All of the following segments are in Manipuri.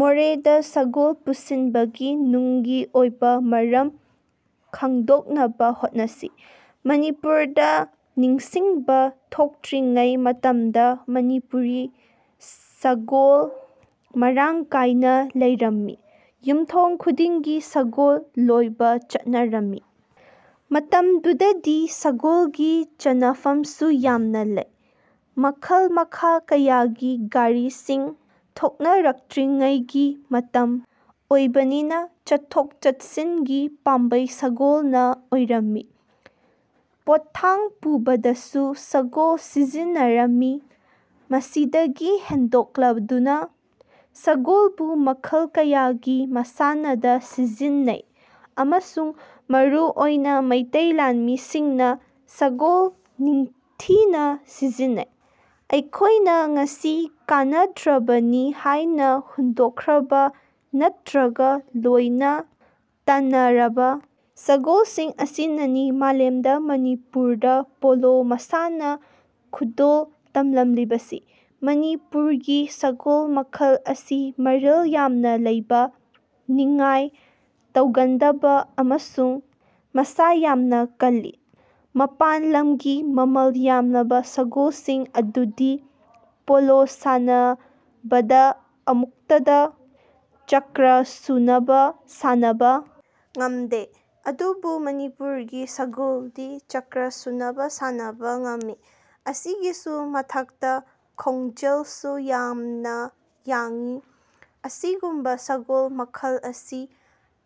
ꯃꯣꯔꯦꯗ ꯁꯒꯣꯜ ꯄꯨꯁꯤꯟꯕꯒꯤ ꯅꯨꯡꯒꯤ ꯑꯣꯏꯕ ꯃꯔꯝ ꯈꯪꯗꯣꯛꯅꯕ ꯍꯣꯠꯅꯁꯤ꯫ ꯃꯅꯤꯄꯨꯔꯗ ꯅꯤꯡꯁꯤꯡꯕ ꯊꯣꯛꯇ꯭ꯔꯤꯉꯩ ꯃꯇꯝꯗ ꯃꯅꯤꯄꯨꯔꯤ ꯁꯒꯣꯜ ꯃꯔꯥꯡ ꯀꯥꯏꯅ ꯂꯩꯔꯝꯃꯤ꯫ ꯌꯨꯝꯊꯣꯡ ꯈꯨꯗꯤꯡꯒꯤ ꯁꯒꯣꯜ ꯂꯣꯏꯕ ꯆꯠꯅꯔꯝꯃꯤ꯫ ꯃꯇꯝꯗꯨꯗꯗꯤ ꯁꯒꯣꯜꯒꯤ ꯆꯟꯅꯐꯝꯁꯨ ꯌꯥꯝꯅ ꯂꯩ꯫ ꯃꯈꯜ ꯃꯈꯥ ꯀꯌꯥꯒꯤ ꯒꯥꯔꯤꯁꯤꯡ ꯊꯣꯛꯅꯔꯛꯇ꯭ꯔꯤꯉꯩꯒꯤ ꯃꯇꯝ ꯑꯣꯏꯕꯅꯤꯅ ꯆꯠꯊꯣꯛ ꯆꯠꯁꯤꯟꯒꯤ ꯄꯥꯝꯕꯩ ꯁꯒꯣꯜꯅ ꯑꯣꯏꯔꯝꯃꯤ꯫ ꯄꯣꯠꯊꯥꯡ ꯄꯨꯕꯗꯁꯨ ꯁꯒꯣꯜ ꯁꯤꯖꯤꯟꯅꯔꯝꯃꯤ꯫ ꯃꯁꯤꯗꯒꯤ ꯍꯦꯟꯗꯣꯛꯂꯗꯨꯅ ꯁꯒꯣꯜꯕꯨ ꯃꯈꯜ ꯀꯌꯥꯒꯤ ꯃꯁꯥꯟꯅꯗ ꯁꯤꯖꯤꯟꯅꯩ ꯑꯃꯁꯨꯡ ꯃꯔꯨ ꯑꯣꯏꯅ ꯃꯩꯇꯩ ꯂꯥꯟꯃꯤꯁꯤꯡꯅ ꯁꯒꯣꯜ ꯅꯤꯡꯊꯤꯅ ꯁꯤꯖꯤꯟꯅꯩ꯫ ꯑꯩꯈꯣꯏꯅ ꯉꯁꯤ ꯀꯥꯟꯅꯗ꯭ꯔꯕꯅꯤ ꯍꯥꯏꯅ ꯍꯨꯟꯗꯣꯛꯈ꯭ꯔꯕ ꯅꯠꯇ꯭ꯔꯒ ꯂꯣꯏꯕ ꯇꯟꯅꯔꯕ ꯁꯒꯣꯜꯁꯤꯡ ꯑꯁꯤꯅꯅꯤ ꯃꯥꯂꯦꯝꯗ ꯃꯅꯤꯄꯨꯔꯗ ꯄꯣꯂꯣ ꯃꯁꯥꯟꯅ ꯈꯨꯗꯣꯜ ꯇꯝꯂꯝꯂꯤꯕꯁꯤ꯫ ꯃꯅꯤꯄꯨꯔꯒꯤ ꯁꯒꯣꯜ ꯃꯈꯜ ꯑꯁꯤ ꯃꯔꯤꯜ ꯌꯥꯝꯅ ꯂꯩꯕ, ꯅꯤꯡꯉꯥꯏ ꯇꯧꯒꯟꯗꯕ ꯑꯃꯁꯨꯡ ꯃꯁꯥ ꯌꯥꯝꯅ ꯀꯜꯂꯤ꯫ ꯃꯄꯥꯟ ꯂꯝꯒꯤ ꯃꯃꯜ ꯌꯥꯝꯂꯕ ꯁꯒꯣꯜꯁꯤꯡ ꯑꯗꯨꯗꯤ ꯄꯣꯂꯣ ꯁꯥꯟꯅꯕꯗ ꯑꯃꯨꯛꯇꯗ ꯆꯀ꯭ꯔꯥ ꯁꯨꯅꯕ ꯁꯥꯟꯅꯕ ꯉꯝꯗꯦ꯫ ꯑꯗꯨꯕꯨ ꯃꯅꯤꯄꯨꯔꯒꯤ ꯁꯒꯣꯜꯗꯤ ꯆꯀ꯭ꯔꯥ ꯁꯨꯅꯕ ꯁꯥꯟꯅꯕ ꯉꯝꯃꯤ꯫ ꯃꯁꯤꯒꯤꯁꯨ ꯃꯊꯛꯇ ꯈꯣꯡꯖꯦꯜꯁꯨ ꯌꯥꯝꯅ ꯌꯥꯡꯏ꯫ ꯑꯁꯤꯒꯨꯝꯕ ꯁꯒꯣꯜ ꯃꯈꯜ ꯑꯁꯤ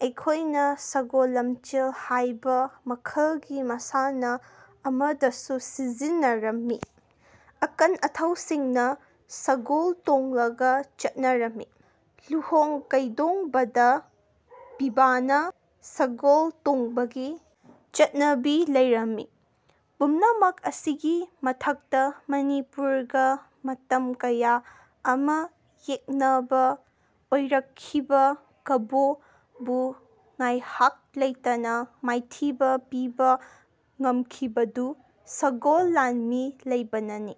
ꯑꯩꯈꯣꯏꯅ ꯁꯒꯣꯜ ꯂꯝꯖꯦꯜ ꯍꯥꯏꯕ ꯃꯈꯜꯒꯤ ꯃꯁꯥꯟꯅ ꯑꯃꯗꯁꯨ ꯁꯤꯖꯤꯟꯅꯔꯝꯃꯤ꯫ ꯑꯀꯟ-ꯑꯊꯧꯁꯤꯡꯅ ꯁꯒꯣꯜ ꯇꯣꯡꯂꯒ ꯆꯠꯅꯔꯝꯃꯤ꯫ ꯂꯨꯍꯣꯡ-ꯀꯩꯗꯣꯡꯕꯗ ꯄꯤꯕꯥꯅ ꯁꯒꯣꯜ ꯇꯣꯡꯕꯒꯤ ꯆꯠꯅꯕꯤ ꯂꯩꯔꯝꯃꯤ꯫ ꯄꯨꯝꯅꯃꯛ ꯑꯁꯤꯒꯤ ꯃꯊꯛꯇ ꯃꯅꯤꯄꯨꯔꯒ ꯃꯇꯝ ꯀꯌꯥ ꯑꯃ ꯌꯦꯛꯅꯕ ꯑꯣꯏꯔꯛꯈꯤꯕ ꯀꯕꯣ ꯕꯨ ꯉꯥꯏꯍꯥꯛ ꯂꯩꯇꯅ ꯃꯥꯏꯊꯤꯕ ꯄꯤꯕ ꯉꯝꯈꯤꯕꯗꯨ ꯁꯒꯣꯜ ꯂꯥꯟꯃꯤ ꯂꯩꯕꯅꯅꯤ꯫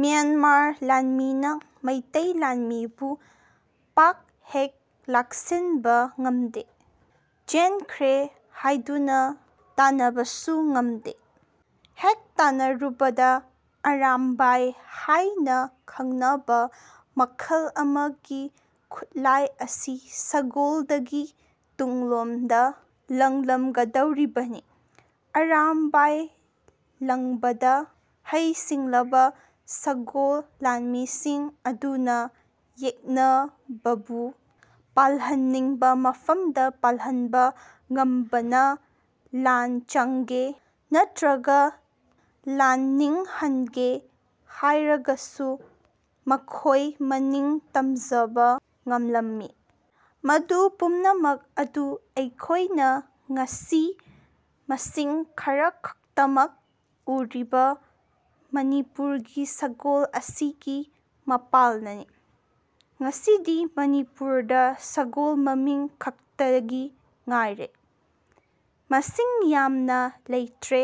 ꯃ꯭ꯌꯥꯟꯃꯥꯔ ꯂꯥꯟꯃꯤꯅ ꯃꯩꯇꯩ ꯂꯥꯟꯃꯤꯕꯨ ꯄꯥꯛ ꯍꯦꯛ ꯂꯥꯛꯁꯤꯟꯕ ꯉꯝꯗꯦ, ꯆꯦꯟꯈ꯭ꯔꯦ ꯍꯥꯏꯗꯨꯅ ꯇꯥꯟꯅꯕꯁꯨ ꯉꯝꯗꯦ꯫ ꯍꯦꯛ ꯇꯥꯟꯅꯔꯨꯕꯗ ꯑꯔꯥꯝꯕꯥꯏ ꯍꯥꯏꯅ ꯈꯪꯅꯕ ꯃꯈꯜ ꯑꯃꯒꯤ ꯈꯨꯠꯂꯥꯏ ꯑꯁꯤ ꯁꯒꯣꯜꯗꯒꯤ ꯇꯨꯡꯂꯣꯝꯗ ꯂꯪꯂꯝꯒꯗꯧꯔꯤꯕꯅꯤ꯫ ꯑꯔꯥꯝꯕꯥꯏ ꯂꯪꯕꯗ ꯍꯩ-ꯁꯤꯡꯂꯕ ꯁꯒꯣꯜ ꯂꯥꯟꯃꯤꯁꯤꯡ ꯑꯗꯨꯅ ꯌꯦꯛꯅꯕꯕꯨ ꯄꯥꯜꯍꯟꯅꯤꯡꯕ ꯃꯐꯝꯗ ꯄꯥꯜꯍꯟꯕ ꯉꯝꯕꯅ ꯂꯥꯟ ꯆꯪꯒꯦ ꯅꯠꯇ꯭ꯔꯒ ꯂꯥꯟꯅꯤꯡ ꯍꯟꯒꯦ ꯍꯥꯏꯔꯒꯁꯨ ꯃꯈꯣꯏ ꯃꯅꯤꯡ ꯇꯝꯖꯕ ꯉꯝꯂꯝꯃꯤ꯫ ꯃꯗꯨ ꯄꯨꯝꯅꯃꯛ ꯑꯗꯨ ꯑꯩꯈꯣꯏꯅ ꯉꯁꯤ ꯃꯁꯤꯡ ꯈꯔꯈꯛꯇꯃꯛ ꯎꯔꯤꯕ ꯃꯅꯤꯄꯨꯔꯒꯤ ꯁꯒꯣꯜ ꯑꯁꯤꯒꯤ ꯃꯄꯥꯜꯅꯅꯤ꯫ ꯉꯁꯤꯗꯤ ꯃꯅꯤꯄꯨꯔꯗ ꯁꯒꯣꯜ ꯃꯃꯤꯡ ꯈꯛꯇꯒꯤ ꯉꯥꯏꯔꯦ꯫ ꯃꯁꯤꯡ ꯌꯥꯝꯅ ꯂꯩꯇ꯭ꯔꯦ꯫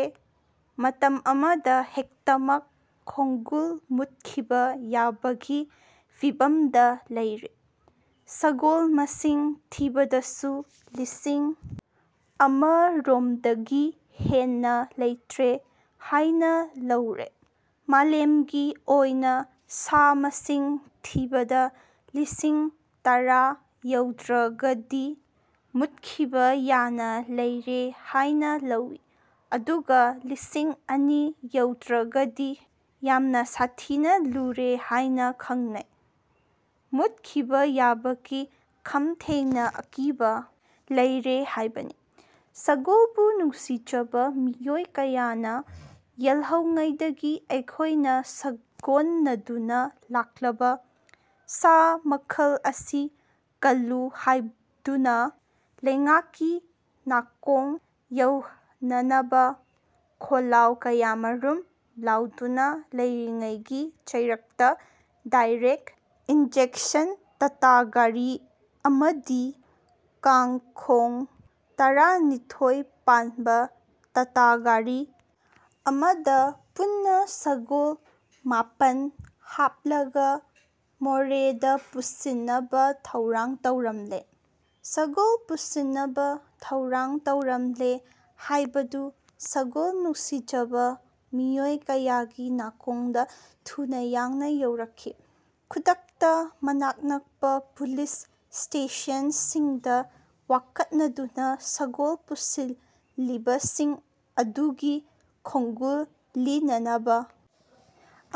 ꯃꯇꯝ ꯑꯃꯗ ꯍꯦꯛꯇꯃꯛ ꯈꯣꯡꯒꯨꯜ ꯃꯨꯠꯈꯤꯕ ꯌꯥꯕꯒꯤ ꯐꯤꯚꯝꯗ ꯂꯩꯔꯦ꯫ ꯁꯒꯣꯜ ꯃꯁꯤꯡ ꯊꯤꯕꯗꯁꯨ ꯂꯤꯁꯤꯡ ꯑꯃ ꯔꯣꯝꯗꯒꯤ ꯍꯦꯟꯅ ꯂꯩꯇ꯭ꯔꯦ ꯍꯥꯏꯅ ꯂꯧꯔꯦ꯫ ꯃꯥꯂꯦꯝꯒꯤ ꯑꯣꯏꯅ ꯁꯥ ꯃꯁꯤꯡ ꯊꯤꯕꯗ ꯂꯤꯁꯤꯡ ꯇꯔꯥ ꯌꯧꯗ꯭ꯔꯒꯗꯤ ꯃꯨꯠꯈꯤꯕ ꯌꯥꯅ ꯂꯩꯔꯦ ꯍꯥꯏꯅ ꯂꯧꯏ꯫ ꯑꯗꯨꯒ ꯂꯤꯁꯤꯡ ꯑꯅꯤ ꯌꯧꯗ꯭ꯔꯒꯗꯤ ꯌꯥꯝ ꯁꯥꯊꯤꯅ ꯂꯨꯔꯦ ꯍꯥꯏꯅ ꯈꯪꯅꯩ꯫ ꯃꯨꯠꯈꯤꯕ ꯌꯥꯕꯒꯤ ꯈꯝ ꯊꯦꯡꯅ ꯑꯀꯤꯕ ꯂꯩꯔꯦ ꯍꯥꯏꯕꯅꯤ꯫ ꯁꯒꯣꯜꯕꯨ ꯅꯨꯡꯁꯤꯖꯕ ꯃꯤꯑꯣꯏ ꯀꯌꯥꯅ ꯌꯦꯜꯍꯧꯉꯩꯗꯒꯤ ꯑꯩꯈꯣꯏꯅ ꯁꯥꯒꯣꯟꯅꯗꯨꯅ ꯂꯥꯛꯂꯕ ꯁꯥ ꯃꯈꯜ ꯑꯁꯤ ꯀꯜꯂꯨ ꯍꯥꯏꯗꯨꯅ ꯂꯩꯉꯥꯛꯀꯤ ꯅꯥꯀꯣꯡ ꯌꯧꯅꯅꯕ ꯈꯣꯜꯂꯥꯎ ꯀꯌꯥꯃꯔꯨꯝ ꯂꯥꯎꯗꯨꯅ ꯂꯩꯔꯤꯉꯩꯒꯤ ꯆꯩꯔꯛꯇ ꯗꯥꯏꯔꯦꯛ ꯏꯟꯖꯦꯛꯁꯟ ꯇꯇꯥ ꯒꯥꯔꯤ ꯑꯃꯗꯤ ꯀꯥꯡ-ꯈꯣꯡ ꯇꯔꯥꯅꯤꯊꯣꯏ ꯄꯥꯟꯕ ꯇꯇꯥ ꯒꯥꯔꯤ ꯑꯃꯗ ꯄꯨꯟꯅ ꯁꯒꯣꯜ ꯃꯥꯄꯟ ꯍꯥꯞꯂꯒ ꯃꯣꯔꯦꯗ ꯄꯨꯁꯤꯟꯅꯕ ꯊꯧꯔꯥꯡ ꯇꯧꯔꯝꯂꯦ꯫ ꯁꯒꯣꯜ ꯄꯨꯁꯤꯟꯅꯕ ꯊꯧꯔꯥꯡ ꯇꯧꯔꯝꯂꯦ ꯍꯥꯏꯕꯗꯨ ꯁꯒꯣꯜ ꯅꯨꯡꯁꯤꯖꯕ ꯃꯤꯑꯣꯏ ꯀꯌꯥꯒꯤ ꯅꯥꯀꯣꯡꯗ ꯊꯨꯅ ꯌꯥꯡꯅ ꯌꯧꯔꯛꯈꯤ꯫ ꯈꯨꯗꯛꯇ ꯃꯅꯥꯛ ꯅꯛꯄ ꯄꯨꯂꯤꯁ ꯁ꯭ꯇꯦꯁꯟꯁꯤꯡꯗ ꯋꯥꯀꯠꯅꯗꯨꯅ ꯁꯒꯣꯜ ꯄꯨꯁꯤꯜꯂꯤꯕꯁꯤꯡ ꯑꯗꯨꯒꯤ ꯈꯣꯡꯒꯨꯜ ꯂꯤꯅꯅꯕ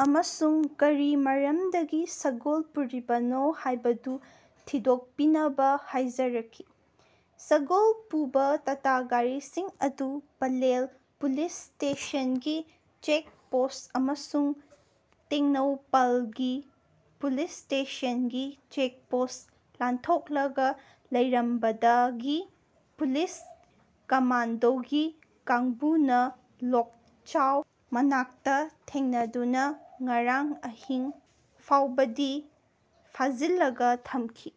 ꯑꯃꯁꯨꯡ ꯀꯔꯤ ꯃꯔꯝꯗꯒꯤ ꯁꯒꯣꯜ ꯄꯨꯔꯤꯕꯅꯣ ꯍꯥꯏꯕꯗꯨ ꯊꯤꯗꯣꯛꯄꯤꯅꯕ ꯍꯥꯏꯖꯔꯛꯈꯤ꯫ ꯁꯒꯣꯜ ꯄꯨꯕ ꯇꯇꯥ ꯒꯥꯔꯤꯁꯤꯡ ꯑꯗꯨ ꯄꯂꯦꯜ ꯄꯨꯂꯤꯁ ꯁ꯭ꯇꯦꯁꯟꯒꯤ ꯆꯦꯛ ꯄꯣꯁꯠ ꯑꯃꯁꯨꯡ ꯇꯦꯡꯅꯧꯄꯜꯒꯤ ꯄꯨꯂꯤꯁ ꯁ꯭ꯇꯦꯁꯟꯒꯤ ꯆꯦꯛ ꯄꯣꯁꯠ ꯂꯥꯟꯊꯣꯛꯂꯒ ꯂꯩꯔꯝꯕꯗꯒꯤ ꯄꯨꯂꯤꯁ ꯀꯝꯃꯥꯟꯗꯣꯒꯤ ꯀꯥꯡꯕꯨꯅ ꯂꯣꯛꯆꯥꯎ ꯃꯅꯥꯛꯇ ꯊꯦꯡꯅꯗꯨꯅ ꯉꯔꯥꯡ ꯑꯍꯤꯡ ꯐꯥꯎꯕꯗꯤ ꯐꯥꯖꯤꯜꯂꯒ ꯊꯝꯈꯤ꯫